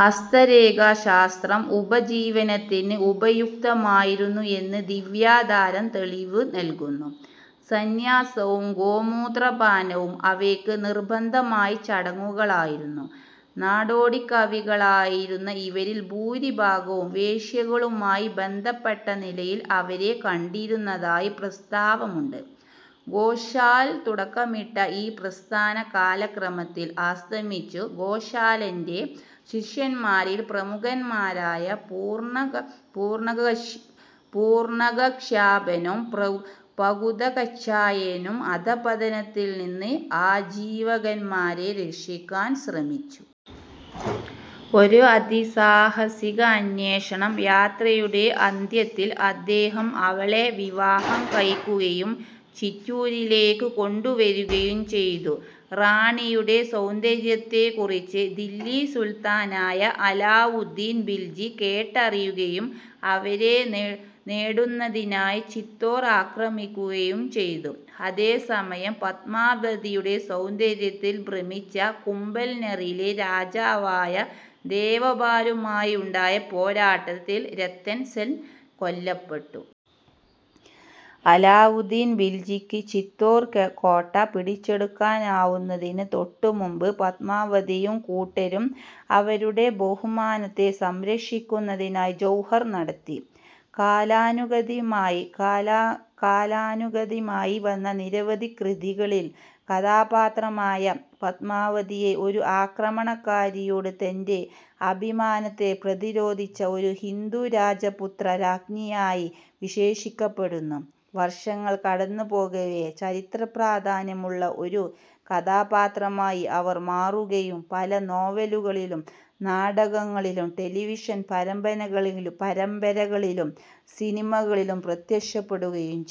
ഹസ്തരേഖാശാസ്ത്രം ഉപജീവനത്തിന് ഉപയുക്തമായിരുന്നു എന്ന് ദിവ്യാവതാരം തെളിവു നല്കുന്നു. സന്ന്യാസവും ഗോമൂത്രപാനവും ഇവർക്ക് നിർബന്ധമായ ചടങ്ങുകളായിരുന്നു. നാടോടിക്കവികളായിരുന്നു ഇവരിൽ ഭൂരിഭാഗവും. വേശ്യകളുമായി ബന്ധപ്പെട്ട നിലയിൽ അവരെ കണ്ടിരുന്നതായി പ്രസ്താവമുണ്ട്. ഗോശാലൻ തുടക്കമിട്ട ഈ പ്രസ്ഥാനം കാലക്രമത്തിൽ അസ്തമിച്ചു. ഗോശാലന്റെ ശിഷ്യൻമാരിൽ പ്രമുഖൻമാരായ പൂർണകശ്യപനും പകുധകഛായനനും അധഃപതനത്തിൽനിന്നും ആജീവികൻമാരെ രക്ഷിക്കാൻ ശ്രമിച്ചു. ഒരു അതിസാഹസിക അന്വേഷണ യാത്രയുടെ അന്ത്യത്തിൽ അദ്ദേഹം അവളെ വിവാഹം കഴിക്കുകയും ചിറ്റൂരിലേക്ക് കൊണ്ടുവരികയും ചെയ്തു. റാണിയുടെ സൌന്ദര്യത്തെക്കുറിച്ചു ദില്ലി സുൽത്താനായ അലാവുദ്ദീൻ ഖിൽജി കേട്ടറിയുകയും അവരെ നേടുന്നതിനായി ചിത്തോർ ആക്രമിക്കുകയും ചെയ്തു. അതേസമയം, പത്മാവതിയുടെ സൗന്ദര്യത്തിൽ ഭ്രമിച്ച കുംഭൽനെറിലെ രാജാവായ ദേവപാലുമായുണ്ടായ പോരാട്ടത്തിൽ രത്തൻ സെൻകൊല്ലപ്പെട്ടു. അലാവുദ്ദീൻ ഖിൽജിക്ക് ചിത്തോർ കോട്ട പിടിച്ചെടുക്കാനാവുന്നതിന് തൊട്ടുമുമ്പ് പത്മാവതിയും കൂട്ടരും അവരുടെ ബഹുമാനത്തെ സംരക്ഷിക്കുന്നതിനായി ജൗഹർ നടത്തി. കാലാനുഗതമായി വന്ന നിരവധി കൃതികളിലെ കഥാപാത്രമായ പത്മാവതിയെ, ഒരു ആക്രമണകാരിയോട് തന്റെ അഭിമാനത്തെ പ്രതിരോധിച്ച ഒരു ഹിന്ദു രജപുത്ര രാജ്ഞിയായി വിശേഷിപ്പിക്കപ്പെടുന്നു. വർഷങ്ങൾ കടന്നു പോകവേ, ചരിത്രപ്രാധാന്യമുള്ള ഒരു കഥാപാത്രമായി അവർ മാറുകയും പല നോവലുകളിലും നാടകങ്ങളിലും ടെലിവിഷൻ പരമ്പരകളിലും സിനിമകളിലും പ്രത്യക്ഷപ്പെടുകയും ചെയ്തു.